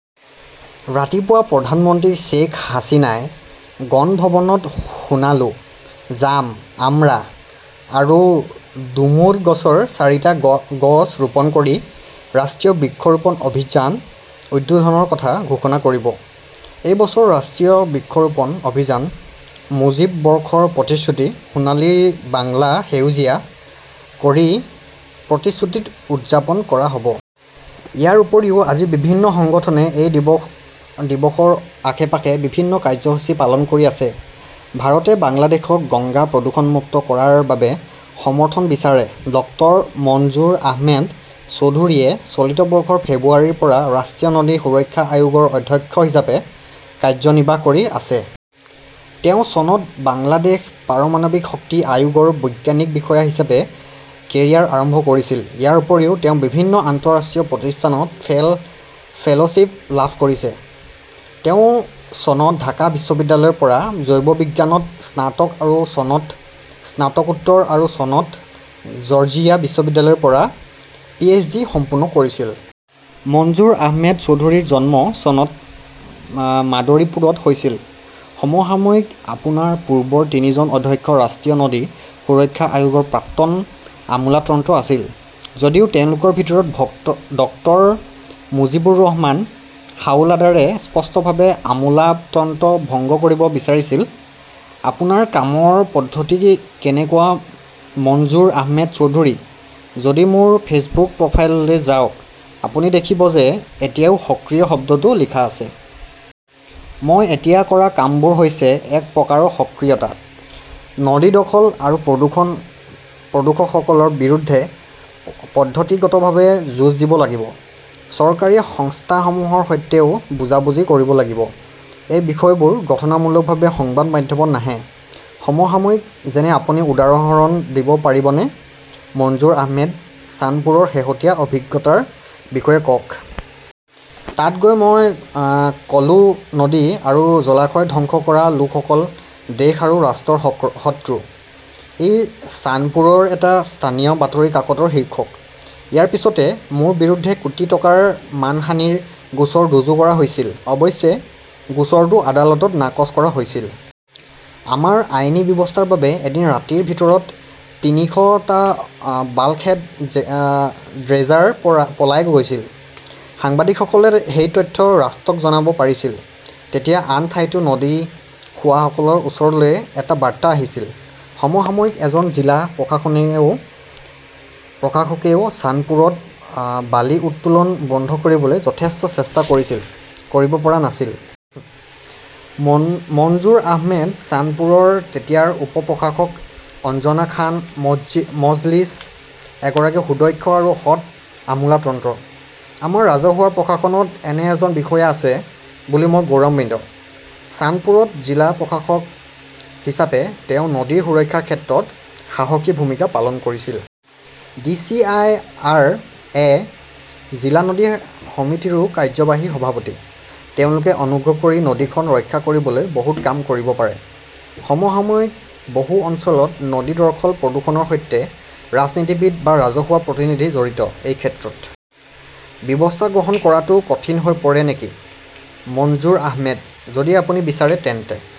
ৰাতিপুৱা প্ৰধানমন্ত্ৰী শ্বেখ হাছিনাই গণভৱনত সোণালু, জাম, আমৰা আৰু ডুমুৰ গছৰ চাৰিটা গছ ৰোপণ কৰি ৰাষ্ট্ৰীয় বৃক্ষ ৰোপণ অভিযান উদ্বোধনৰ কথা ঘোষণা কৰিব। এই বছৰৰ ৰাষ্ট্ৰীয় বৃক্ষৰোপণ অভিযান মুজীব বৰ্ষৰ প্ৰতিশ্ৰুতি, সোণালী বাংলা সেউজীয়া কৰি ‘ৰ প্ৰতিশ্ৰুতিত উদযাপন কৰা হ’ব। ইয়াৰ উপৰিও আজি বিভিন্ন সংগঠনে এই দিৱসৰ আশে-পাশে বিভিন্ন কাৰ্যসূচী পালন কৰি আছে। ভাৰতে বাংলাদেশক গংগা প্ৰদূষণমুক্ত কৰাৰ বাবে সমৰ্থন বিচাৰে ডক্টৰ মনজুৰ আহমেদ চৌধুৰীয়ে চলিত বৰ্ষৰ ফেব্ৰুৱাৰীৰ পৰা ৰাষ্ট্ৰীয় নদী সুৰক্ষা আয়োগৰ অধ্যক্ষ হিচাপে কাৰ্যনিৰ্বাহ কৰি আছে। তেওঁ চনত বাংলাদেশ পাৰমাণৱিক শক্তি আয়োগৰ বৈজ্ঞানিক বিষয়া হিচাপে কেৰিয়াৰ আৰম্ভ কৰিছিল। ইয়াৰ উপৰিও তেওঁ বিভিন্ন আন্তঃৰাষ্ট্ৰীয় প্ৰতিষ্ঠানত ফেল 'শ্বিপ লাভ কৰিছে। তেওঁ চনত ঢাকা বিশ্ববিদ্যালয়ৰ পৰা জৈৱবিজ্ঞানত স্নাতক আৰু চনত স্নাতকোত্তৰ আৰু চনত জৰ্জিয়া বিশ্ববিদ্যালয়ৰ পৰা পিএইচডি সম্পূৰ্ণ কৰিছিল। মঞ্জুৰ আহমেদ চৌধুৰীৰ জন্ম চনত মাদৰীপুৰত হৈছিল। সমসাময়িকঃ আপোনাৰ পূৰ্বৰ তিনিজন অধ্যক্ষ ৰাষ্ট্ৰীয় নদী সুৰক্ষা আয়োগৰ প্ৰাক্তন আমোলাতন্ত্ৰ আছিল। যদিও তেওঁলোকৰ ভিতৰত ডক্টৰ মুজীবুৰ ৰহমান হাওলাডাৰে স্পষ্টভাৱে আমোলাতন্ত্ৰ ভংগ কৰিব বিচাৰিছিল। আপোনাৰ কামৰ পদ্ধতি কেনেকুৱা মনজুৰ আহমেদ চৌধুৰীঃ যদি মোৰ ফেচবুক প্ৰফাইললৈ যাওক, আপুনি দেখিব যে এতিয়াও সক্ৰিয় শব্দটো লিখা আছে। মই এতিয়া কৰা কামবোৰ হৈছে এক প্ৰকাৰৰ সক্ৰিয়তা। নদী দখল আৰু প্ৰদূষকসকলৰ বিৰুদ্ধে পদ্ধতিগতভাৱে যুঁজ দিব লাগিব। চৰকাৰী সংস্থাসমূহৰ সৈতেও বুজাবুজি কৰিব লাগিব। এই বিষয়বোৰ গঠনমূলকভাৱে সংবাদ মাধ্যমত নাহে। সমসাময়িকঃ যেনে আপুনি উদাহৰণ দিব পাৰিবনে মনজুৰ আহমেদঃ চান্দপুৰৰ শেহতীয়া অভিজ্ঞতাৰ বিষয়ে কওক। তাত গৈ মই ক 'লো-নদী আৰু জলাশয় ধ্বংস কৰা লোকসকল দেশ আৰু ৰাষ্ট্ৰৰ শত্ৰু। ই চান্দপুৰৰ এটা স্থানীয় বাতৰি কাকতৰ শীৰ্ষক। ইয়াৰ পিছতে মোৰ বিৰুদ্ধে কোটি টকাৰ মানহানিৰ গোচৰ ৰুজু কৰা হৈছিল। অৱশ্যে গোচৰটো আদালতত নাকচ কৰা হৈছিল। আমাৰ আইনী ব্যৱস্থাৰ বাবে এদিন ৰাতিৰ ভিতৰত তিনিশ টা বাল্কহেড ড্ৰেজাৰ পলাই গৈছিল। সাংবাদিকসকলে সেই তথ্য ৰাষ্ট্ৰক জনাব পাৰিছিল। তেতিয়া আন ঠাইতো নদী খোৱাসকলৰ ওচৰলৈ এটা বাৰ্তা আহিছিল। সমসাময়িকঃ এজন জিলা প্ৰশাসকেও চান্দপুৰত বালি উত্তোলন বন্ধ কৰিবলৈ যথেষ্ট চেষ্টা কৰিছিল, কৰিব পৰা নাছিল। মনজুৰ আহমেদঃ চান্দপুৰৰ তেতিয়াৰ উপ-প্ৰশাসক অঞ্জনা খান মজলিছ এগৰাকী সুদক্ষ আৰু সৎ আমোলাতন্ত্ৰ। আমাৰ ৰাজহুৱা প্ৰশাসনত এনে এজন বিষয়া আছে বুলি মই গৌৰৱান্বিত। চান্দপুৰত জিলা প্ৰশাসক হিচাপে তেওঁ নদীৰ সুৰক্ষাৰ ক্ষেত্ৰত সাহসী ভূমিকা পালন কৰিছিল। D. C. I. R. A. জিলা নদী সমিতিৰো কাৰ্যবাহী সভাপতি। তেওঁলোকে অনুগ্ৰহ কৰি নদীখন ৰক্ষা কৰিবলৈ বহুত কাম কৰিব পাৰে। সমসাময়িকঃ বহু অঞ্চলত নদী দখল-প্ৰদূষণৰ সৈতে ৰাজনীতিবিদ বা ৰাজহুৱা প্ৰতিনিধি জড়িত। এই ক্ষেত্ৰত ব্যৱস্থা গ্ৰহণ কৰাটো কঠিন হৈ পৰে নেকি মনজুৰ আহমেদঃ যদি আপুনি বিচাৰে তেন্তে